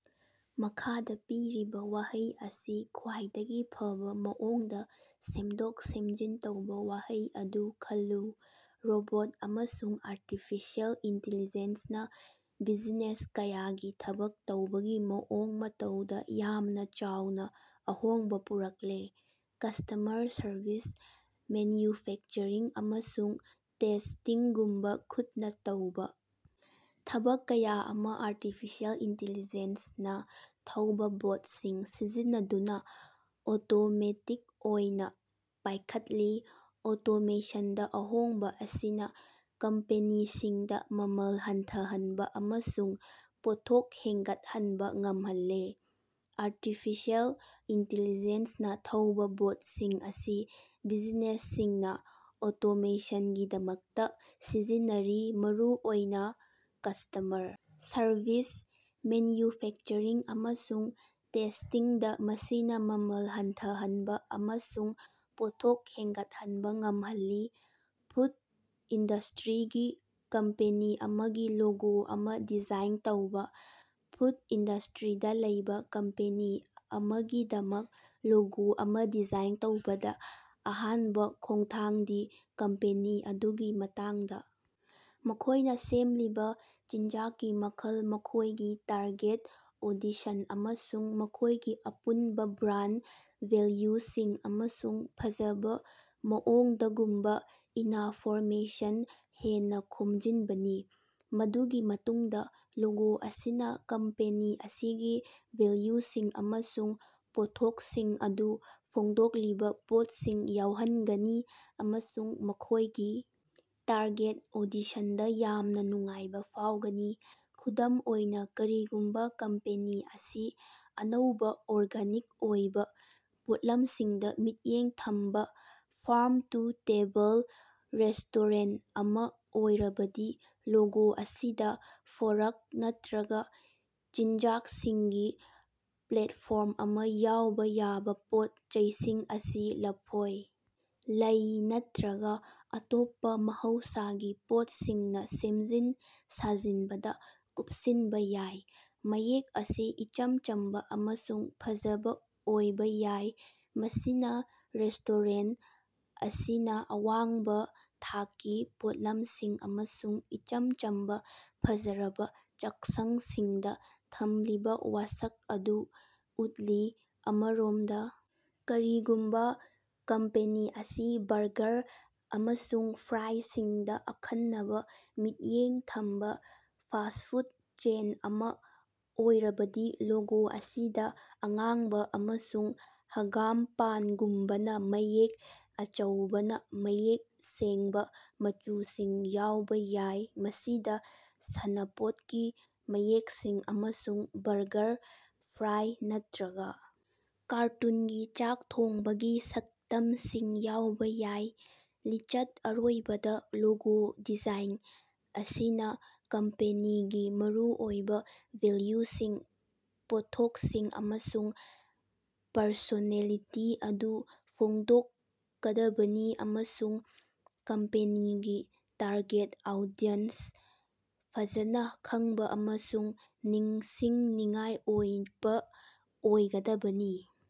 ꯃꯈꯥꯗꯥ ꯄꯤꯔꯤꯕꯥ ꯋꯥꯍꯩ ꯑꯁꯤ ꯈ꯭ꯋꯥꯏꯗꯒꯤ ꯐꯕ ꯃꯑꯣꯡꯗ ꯁꯦꯝꯗꯣꯛ-ꯁꯦꯝꯖꯤꯟ ꯇꯧꯕ ꯋꯥꯍꯩ ꯑꯗꯨ ꯈꯜꯂꯨ: ꯔꯣꯕꯣꯠ ꯑꯃꯁꯨꯡ ꯑꯥꯔꯇꯤꯐꯤꯁꯤꯑꯦꯜ ꯏꯟꯇꯤꯂꯤꯖꯦꯟꯁꯅ ꯕꯤꯖꯤꯅꯦꯁ ꯀꯌꯥꯒꯤ ꯊꯕꯛ ꯇꯧꯕꯒꯤ ꯃꯑꯣꯡ ꯃꯇꯧꯗ ꯌꯥꯝꯅ ꯆꯥꯎꯅ ꯑꯍꯣꯡꯕ ꯄꯨꯔꯛꯂꯦ꯫ ꯀꯁꯇꯃꯔ ꯁꯔꯕꯤꯁ ꯃꯦꯟꯌꯨꯐꯦꯛꯆꯔꯤꯡ ꯑꯃꯁꯨꯡ ꯇꯦꯁꯇꯤꯡꯒꯨꯝꯕ ꯈꯨꯠꯅ ꯇꯧꯕ ꯊꯕꯛ ꯀꯌꯥ ꯑꯃ ꯑꯥꯔꯇꯤꯐꯤꯁꯤꯑꯦꯜ ꯏꯟꯇꯤꯂꯤꯖꯦꯟꯁ ꯅ ꯊꯧꯕꯥ ꯕꯣꯠꯁꯤꯡ ꯁꯤꯖꯤꯟꯅꯗꯨꯅ ꯑꯣꯇꯣꯃꯦꯇꯤꯛ ꯑꯣꯏꯅ ꯄꯥꯢꯈꯠꯂꯤ꯫ ꯑꯣꯇꯣꯃꯦꯁꯟꯗ ꯑꯍꯣꯡꯕ ꯑꯁꯤꯅ ꯀꯝꯄꯦꯅꯤꯁꯤꯡꯗ ꯃꯃꯜ ꯍꯟꯊꯍꯟꯕ ꯑꯃꯁꯨꯡ ꯄꯣꯠꯊꯣꯛ ꯍꯦꯟꯒꯠꯍꯟꯕ ꯉꯝꯍꯜꯂꯦ꯫ ꯑꯥꯔꯇꯤꯐꯤꯁꯤꯑꯦꯜ ꯏꯟꯇꯤꯂꯤꯖꯦꯟꯁ ꯅꯥ ꯊꯧꯕ ꯕꯣꯠꯁꯤꯡ ꯑꯁꯤ ꯕꯤꯖꯤꯅꯦꯁꯁꯤꯡꯅ ꯑꯣꯇꯣꯃꯦꯁꯟꯒꯤꯗꯃꯛꯇ ꯁꯤꯖꯤꯟꯅꯔꯤ ꯃꯔꯨꯑꯣꯏꯅ ꯀꯁꯇꯃꯔ ꯁꯔꯕꯤꯁ, ꯃꯦꯟꯌꯨꯐꯦꯛꯆꯔꯤꯡ ꯑꯃꯁꯨꯡ ꯇꯦꯁꯇꯤꯡꯗ ꯃꯁꯤꯅ ꯃꯃꯜ ꯍꯟꯊꯍꯟꯕ ꯑꯃꯁꯨꯡ ꯄꯣꯠꯊꯣꯛ ꯍꯦꯟꯒꯠꯍꯟꯕ ꯉꯝꯍꯜꯂꯤ꯫ ꯐꯨꯗ ꯏꯟꯗꯁꯇ꯭ꯔꯤꯒꯤ ꯀꯝꯄꯦꯅꯤ ꯑꯃꯒꯤ ꯂꯣꯒꯣ ꯑꯃ ꯗꯤꯖꯥꯏꯟ ꯇꯧꯕꯥ꯫ ꯐꯨꯗ ꯏꯟꯗꯁꯇ꯭ꯔꯤꯗ ꯂꯩꯕꯥ ꯀꯝꯄꯦꯅꯤ ꯑꯃꯒꯤꯗꯃꯛ ꯂꯣꯒꯣ ꯑꯃ ꯗꯤꯖꯥꯏꯟ ꯇꯧꯕꯗ ꯑꯍꯥꯟꯕ ꯈꯣꯡꯊꯥꯡꯗꯤ ꯀꯝꯄꯦꯅꯤ ꯑꯗꯨꯒꯤ ꯃꯇꯥꯡꯗ ꯃꯈꯣꯢꯅ ꯁꯦꯝꯂꯤꯕ ꯆꯤꯟꯖꯥꯛꯀꯤ ꯃꯈꯜ ꯃꯈꯣꯢꯒꯤ ꯇꯥꯔꯒꯦꯠ ꯑꯣꯗꯤꯁꯟ ꯑꯃꯁꯨꯡ ꯃꯈꯣꯢꯒꯤ ꯑꯄꯨꯟꯕ ꯕ꯭ꯔꯥꯟꯗ ꯚꯦꯜꯌꯨꯁꯤꯡ ꯑꯃꯁꯨꯡ ꯐꯖꯕ ꯃꯑꯣꯡꯗꯒꯨꯝꯕ ꯏꯅꯐꯣꯔꯃꯦꯁꯟ ꯍꯦꯟꯅꯥ ꯈꯣꯝꯖꯤꯟꯕꯅꯤ꯫ ꯃꯗꯨꯒꯤ ꯃꯇꯨꯡꯗ ꯂꯣꯒꯣ ꯑꯁꯤꯅ ꯀꯝꯄꯦꯅꯤ ꯑꯁꯤꯒꯤ ꯚꯦꯜꯌꯨꯁꯤꯡ ꯑꯃꯁꯨꯡ ꯄꯣꯠꯊꯣꯛꯁꯤꯡ ꯑꯗꯨ ꯐꯣꯡꯗꯣꯛꯂꯤꯕ ꯄꯣꯠꯁꯤꯡ ꯌꯥꯎꯍꯟꯒꯅꯤ ꯑꯃꯁꯨꯡ ꯃꯈꯣꯢꯒꯤ ꯇꯥꯔꯒꯦꯠ ꯑꯣꯗꯤꯁꯟꯗ ꯌꯥꯝꯅ ꯅꯨꯡꯉꯥꯏꯕ ꯐꯥꯎꯒꯅꯤ꯫ ꯈꯨꯗꯝ ꯑꯣꯏꯅ ꯀꯔꯤꯒꯨꯝꯕ ꯀꯝꯄꯦꯅꯤ ꯑꯁꯤ ꯑꯅꯧꯕ ꯑꯣꯔꯒꯥꯅꯤꯛ ꯑꯣꯏꯕ ꯄꯣꯠꯂꯝꯁꯤꯡꯗ ꯃꯤꯠꯌꯦꯡ ꯊꯝꯕ ꯐꯥꯔꯝ-ꯇꯨ-ꯇꯦꯕꯜ ꯔꯦꯁꯇꯣꯔꯦꯟꯇ ꯑꯃ ꯑꯣꯏꯔꯕꯗꯤ ꯂꯣꯒꯣ ꯑꯁꯤꯗ ꯐꯣꯔꯛ ꯅꯠꯇ꯭ꯔꯒ ꯆꯤꯟꯖꯥꯛꯁꯤꯡꯒꯤ ꯄ꯭ꯂꯦꯠꯐꯣꯔꯝ ꯑꯃ ꯌꯥꯎꯕ ꯌꯥꯕ ꯄꯣꯠ ꯆꯩꯁꯤꯡ ꯑꯁꯤ ꯂꯐꯣꯏ, ꯂꯩ ꯅꯠꯇ꯭ꯔꯒ ꯑꯇꯣꯞꯄ ꯃꯍꯧꯁꯥꯒꯤ ꯄꯣꯠꯁꯤꯡꯅ ꯁꯦꯝꯖꯤꯟ ꯁꯥꯖꯤꯟꯕꯗ ꯀꯨꯞꯁꯤꯟꯕ ꯌꯥꯏ꯫ ꯃꯌꯦꯛ ꯑꯁꯤ ꯏꯆꯝ ꯆꯝꯕ ꯑꯃꯁꯨꯡ ꯐꯖꯕ ꯑꯣꯏꯕ ꯌꯥꯏ ꯃꯁꯤꯅ ꯔꯦꯁꯇꯣꯔꯦꯟꯇ ꯑꯁꯤꯅ ꯑꯋꯥꯡꯕ ꯊꯥꯛꯀꯤ ꯄꯣꯠꯂꯝꯁꯤꯡ ꯑꯃꯁꯨꯡ ꯏꯆꯝ ꯆꯝꯕ ꯐꯖꯔꯕ ꯆꯥꯛꯁꯪꯁꯤꯡꯗ ꯊꯝꯂꯤꯕꯥ ꯋꯥꯁꯛ ꯑꯗꯨ ꯎꯠꯂꯤ꯫ ꯑꯃꯔꯣꯝꯗ ꯀꯔꯤꯒꯨꯝꯕꯥ ꯀꯝꯄꯦꯅꯤ ꯑꯁꯤ ꯕꯔꯒꯔ ꯑꯃꯁꯨꯡ ꯐ꯭ꯔꯥꯏꯁꯤꯡꯗ ꯑꯈꯟꯅꯕ ꯃꯤꯠꯌꯦꯡ ꯊꯝꯕ ꯐꯥꯁ꯭ꯠ ꯐꯨꯗ ꯆꯦꯟ ꯑꯃ ꯑꯣꯏꯔꯕꯗꯤ ꯂꯣꯒꯣ ꯑꯁꯤꯗ ꯑꯉꯥꯡꯕ ꯑꯃꯁꯨꯡ ꯍꯥꯒꯥꯝꯄꯥꯟꯒꯨꯝꯕꯅ ꯃꯌꯦꯛ ꯑꯆꯧꯕꯅ ꯃꯌꯦꯛ ꯁꯦꯡꯕ ꯃꯆꯨꯁꯤꯡ ꯌꯥꯎꯕ ꯌꯥꯏ ꯃꯁꯤꯗꯥ ꯁꯥꯟꯅꯄꯣꯠꯀꯤ ꯃꯌꯦꯛꯁꯤꯡ ꯑꯃꯁꯨꯡ ꯕꯔꯒꯔ, ꯐ꯭ꯔꯥꯏ ꯅꯠꯇ꯭ꯔꯒ ꯀꯥꯔꯇꯨꯟꯒꯤ ꯆꯥꯛ ꯊꯣꯡꯕꯒꯤ ꯁꯛꯇꯝꯁꯤꯡ ꯌꯥꯎꯕ ꯌꯥꯏ꯫ ꯂꯤꯆꯠ ꯑꯔꯣꯏꯕꯗ ꯂꯣꯒꯣ ꯗꯤꯖꯥꯏꯟ ꯑꯁꯤꯅ ꯀꯝꯄꯦꯅꯤꯒꯤ ꯃꯔꯨꯑꯣꯏꯕ ꯚꯦꯜꯌꯨꯁꯤꯡ ꯄꯣꯠꯊꯣꯛꯁꯤꯡ ꯑꯃꯁꯨꯡ ꯄꯔꯁꯣꯅꯦꯂꯤꯇꯤ ꯑꯗꯨ ꯐꯣꯡꯗꯣꯛꯀꯗꯕꯅꯤ ꯑꯃꯁꯨꯡ ꯀꯝꯄꯦꯅꯤꯒꯤ ꯇꯥꯔꯒꯦꯠ ꯑꯥꯎꯗꯤꯌꯟꯁ ꯐꯖꯅ ꯈꯡꯕ ꯑꯃꯁꯨꯡ ꯅꯤꯡꯁꯤꯡꯅꯤꯡꯉꯥꯏ ꯑꯣꯏꯕ ꯑꯣꯏꯒꯗꯕꯅꯤ꯫